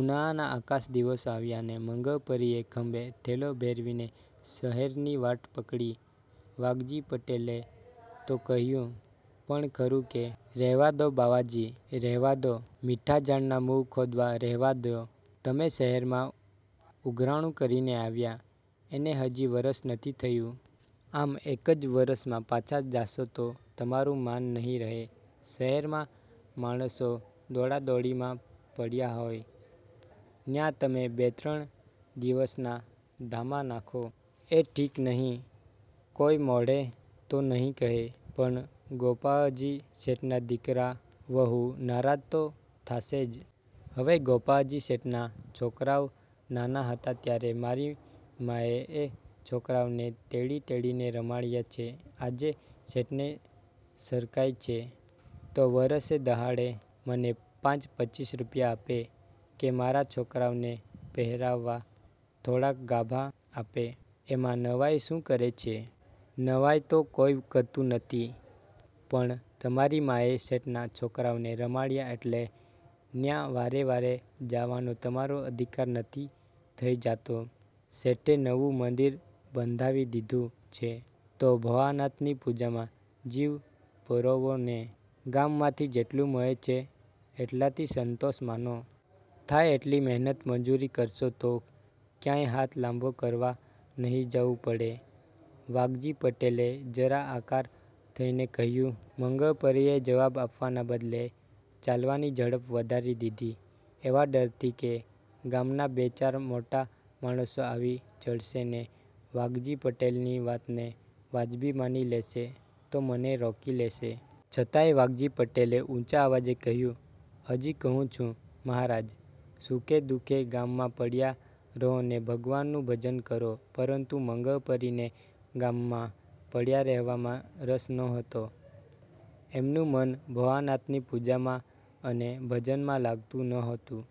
ઉનાળાના આકર દિવસો આવ્યા ને મંગળપરીએ ખંભે થેલો ભેરવીને શહેરની વાટ પકડી. વાઘજી પટેલે તો કહ્યું પણ ખરું કે, "રહેવા દ્યો બાવાજી, રહેવા દ્યો. મીઠાં ઝાડનાં મૂળ ખોદવાં રહેવા દ્યો. તમે શહેરમાં ઉઘરાણું કરીને આવ્યા, એને હજી વરસ નથી થયું. આમ એક જ વરસમાં પાછા જાશો તો તમારું માન નહિ રહે. શહેરમાં માણસો દોડાદોડીમાં પડ્યા હોય, ન્યાં તમે બે-ત્રણ દિવસના ધામા નાખો એ ઠીક નહિ. કોઈ મોઢેં તો નહિ કહે, પણ ગોપાળજી શેઠના દીકરા વહુ નારાજ તો થાશે જ." "હવે, ગોપાળજી શેઠના છોકરાવ નાના હતા ત્યારે મારી માએ એ છોકરાવને તેડી-તેડીને રમાડ્યા છે. આજે શેઠને સરખાઈ છે, તો વરસે દહાડે મને પાંચ-પચીસ રૂપિયા આપે, કે મારા છોકરાવને પહેરવા થોડાક ગાભા આપે, એમાં નવાઈ શું કરે છે?" "નવાઈ તો કોઈ કરતું નથી, પણ તમારી માએ શેઠના છોકરાવને રમાડ્યા એટલે ન્યાં વારે-વારે જાવાનો તમારો અધિકાર નથી થઈ જાતો. શેઠે નવું મંદિર બંધાવી દીધું છે, તો ભોળાનાથની પૂજામાં જીવ પરોવો ને. ગામમાંથી જેટલું મળે છે, એટલાથી સંતોષ માનો. થાય એટલી મહેનત મજૂરી કરશો તો ક્યાંય હાથ લાંબો કરવા નહિ જાવું પડે." વાઘજી પટેલે જરા આકરા થઈને કહ્યું. મંગળપરીએ જવાબ આપવાના બદલે ચાલવાની ઝડપ વધારી દીધી, એવા ડરથી કે ગામના બે-ચાર મોટા માણસો આવી ચડશે ને વાઘજી પટેલની વાતને વાજબી માની લેશે, તો મને રોકી લેશે. છતાંય વાઘજી પટેલે ઊંચા અવાજે કહ્યું, "હજી કહું છું મહારાજ, સુખે દુઃખે ગામમાં પડ્યા રહો ને ભગવાનનું ભજન કરો." પરંતુ મંગળપરીને ગામમાં પડ્યા રહેવામાં રસ નહોતો. એમનું મન ભોળાનાથની પૂજામાં અને ભજનમાં લાગતું નહોતું.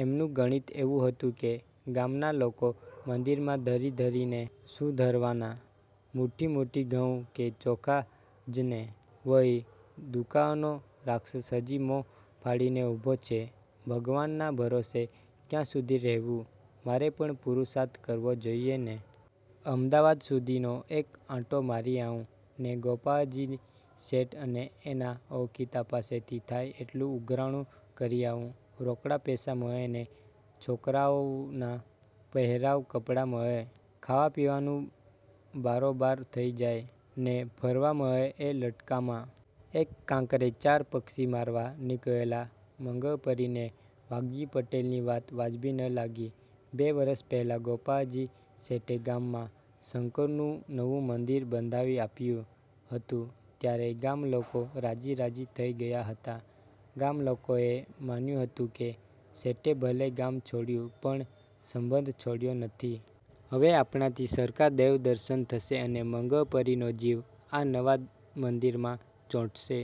એમનું ગણિત એવું હતું કે, "ગામના લોકો મંદિરમાં ધરી-ધરીને શું ધરવાના? મૂઠી-મૂઠી ઘઉં કે ચોખા જ ને? વળી, દુકાળનો રાક્ષસ હજી મોં ફાડીને ઊભો છે. ભગવાનના ભરોસે ક્યાં સુધી રહેવું? મારે પણ પુરુષાર્થ કરવો જોઈને? અમદાવાદ સુધીનો એક આંટો મારી આવું, ને ગોપાળજી શેઠ અને એના ઓળખીતા પાસેથી થાય એટલું ઉઘરાણું કરી આવું. રોકડા પૈસા મળે ને છોકરાવના પહેરવા કપડાં મળે, ખાવા-પીવાનું બારોબાર થઈ જાય, ને ફરવા મળે એ લટકામાં." એક કાંકરે ચાર પક્ષી મારવા નીકળેલા મંગળપરીને વાઘજી પટેલની વાત વાજબી ન લાગી. બે વરસ પહેલાં ગોપાળજી શેઠે ગામમાં શંકરનું નવું મંદિર બંધાવી આપ્યું હતું. ત્યારે ગામ લોકો રાજી-રાજી થઈ ગયા હતા. ગામલોકોએ માન્યું હતું કે, "શેઠે ભલે ગામ છોડ્યું, પણ સંબંધ છોડ્યો નથી. હવે આપણાથી સરખાં દેવદર્શન થશે અને મંગળપરીનો જીવ આ નવા મંદિરમાં ચોંટશે.